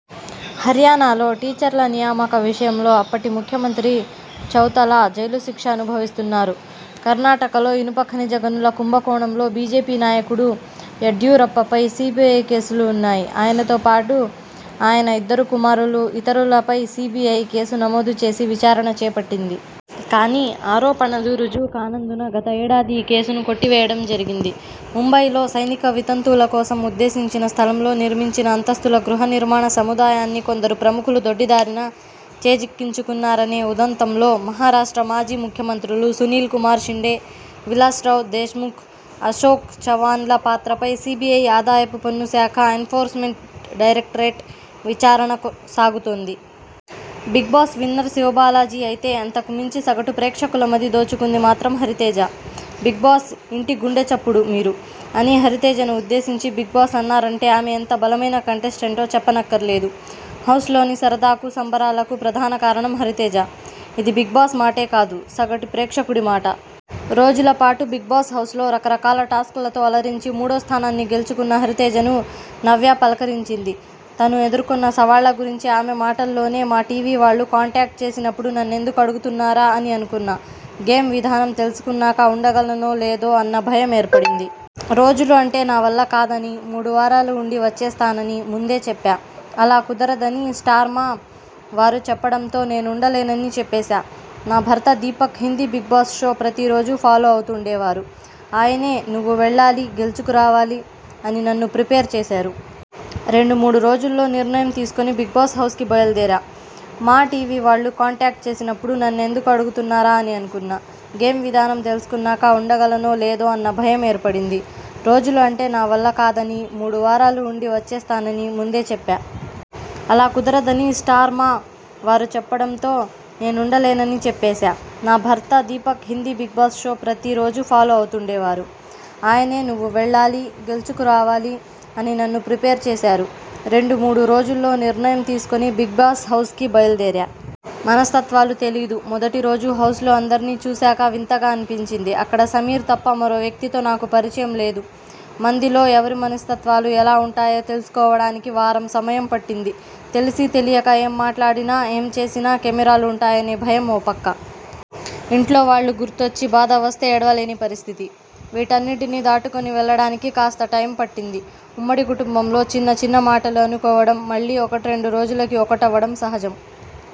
హర్యానాలో టీచర్ల నియామక విషయంలో అప్పటి ముఖ్యమంత్రి చౌతాలా జైలు శిక్ష అనుభవిస్తున్నారు. కర్ణాటకలో ఇనుప ఖనిజ గనుల కుంభకోణంలో బీజేపీ నాయకుడు యడ్యూరప్పపై సీబీఐ కేసులు ఉన్నాయి. ఆయనతో పాటు ఆయన ఇద్దరు కుమారులు, ఇతరులపై సీబీఐ కేసు నమోదు చేసి విచారణ చేపట్టింది. కానీ ఆరోపణలు రుజువు కానందున గత ఏడాది ఈ కేసును కొట్టివేయడం జరిగింది. ముంబయిలో సైనిక వితంతువుల కోసం ఉద్దేశించిన స్థలంలో నిర్మించిన అంతస్తుల గృహ నిర్మాణ సముదాయాన్ని కొందరు ప్రముఖులు దొడ్డిదారిన చేజిక్కించుకున్నారనే ఉదంతం లో మహారాష్ట్ర మాజీ ముఖ్యమంత్రులు సునీల్ కుమార్ షిండే, విలాస్రావ్ దేశ్ముఖ్, అశోక్ చవాన్ల పాత్రపై సీబీఐ, ఆదాయపు పన్ను శాఖ ఎన్పోర్స్మెంట్ డైరెక్టరేట్ విచారణ సాగుతోంది. 'Bigg Boss' winner Shivabalaji! అయితే అంతకుమించి సగటు ప్రేక్షకుల మది దోచుకుంది మాత్రం హరితేజ!! ''బిగ్బాస్' ఇంటి గుండెచప్పుడు మీరు'' అని హరితేజను ఉద్ధేశించి బిగ్బాస్ అన్నారంటే ఆమె ఎంత బలమైన కంటెస్టంటో చెప్పనక్కర్లేదు. హౌస్లోని సరదాకు, సంబరాలకు ప్రధాన కారణం హరితేజ. ఇది 'బిగ్బాస్' మాటే కాదు సగటు ప్రేక్షకుడి మాట. రోజులపాటు 'బిగ్బాస్' హౌస్లో రకరకాల టాస్క్లతో అలరించి, మూడోస్థానాన్ని గెలుచుకున్న హరితేజను 'నవ్య' పలకరించింది. తను ఎదుర్కొన్న సవాళ్ల గురించి ఆమె మాటల్లోనే 'మా' టీవీ వాళ్లు కాంటాక్ట్ చేసినప్పుడు నన్నెందుకు అడుగుతున్నారా? అని అనుకున్నా. గేమ్ విధానం తెలుసుకున్నాక ఉండగలనో లేదో అన్న భయం ఏర్పడింది. రోజులు అంటే నా వల్ల కాదనీ, మూడువారాలు ఉండి వచ్చేస్తాననీ ముందే చెప్పా. అలా కుదరదని 'స్టార్ మా' వారు చెప్పడంతో నేనుండలేనని చెప్పేశా. నా భర్త దీపక్ హిందీ బిగ్బాస్ షో ప్రతి రోజూ ఫాలో అవుతుండేవారు. ఆయనే 'నువ్వు వెళ్లాలి, గెలుచుకురావాలి' అని నన్ను ప్రిపేర్ చేశారు. రెండు మూడు రోజుల్లో నిర్ణయం తీసుకుని 'బిగ్బాస్' హౌస్కి బయలుదేరా. 'మా' టీవీ వాళ్లు కాంటాక్ట్ చేసినప్పుడు నన్నెందుకు అడుగుతున్నారా? అని అనుకున్నా. గేమ్ విధానం తెలుసుకున్నాక ఉండగలనో లేదో అన్న భయం ఏర్పడింది. రోజులు అంటే నా వల్ల కాదనీ, మూడువారాలు ఉండి వచ్చేస్తాననీ ముందే చెప్పా. అలా కుదరదని 'స్టార్ మా' వారు చెప్పడంతో నేనుండలేనని చెప్పేశా. నా భర్త దీపక్ హిందీ బిగ్బాస్ షో ప్రతి రోజూ ఫాలో అవుతుండేవారు. ఆయనే 'నువ్వు వెళ్లాలి, గెలుచుకురావాలి' అని నన్ను ప్రిపేర్ చేశారు. రెండు మూడు రోజుల్లో నిర్ణయం తీసుకుని 'బిగ్బాస్' హౌస్కి బయలుదేరా. మనస్తత్వాలు తెలీదు మొదటి రోజు హౌస్లో అందర్నీ చూశాక వింతగా అనిపించింది. అక్కడ సమీర్ తప్ప మరో వ్యక్తితో నాకు పరిచయం లేదు. మందిలో ఎవరి మనస్తత్వాలు ఎలా ఉంటాయో తెలుసుకోవడానికి వారం సమయం పట్టింది. తెలిసీ తెలియక ఏం మాట్లాడినా, ఏం చేసినా కెమెరాలు ఉంటాయనే భయం ఓ పక్క. ఇంట్లో వాళ్లు గుర్తొచ్చి బాధ వస్తే ఏడ్వలేని పరిస్థితి. వీటన్నింటినీ దాటుకుని వెళ్లడానికి కాస్త టైమ్ పట్టింది. ఉమ్మడి కుటుంబంలో చిన్న చిన్న మాటలు అనుకోవడం, మళ్లీ ఒకట్రెండు రోజులకి ఒకటవ్వడం సహజం.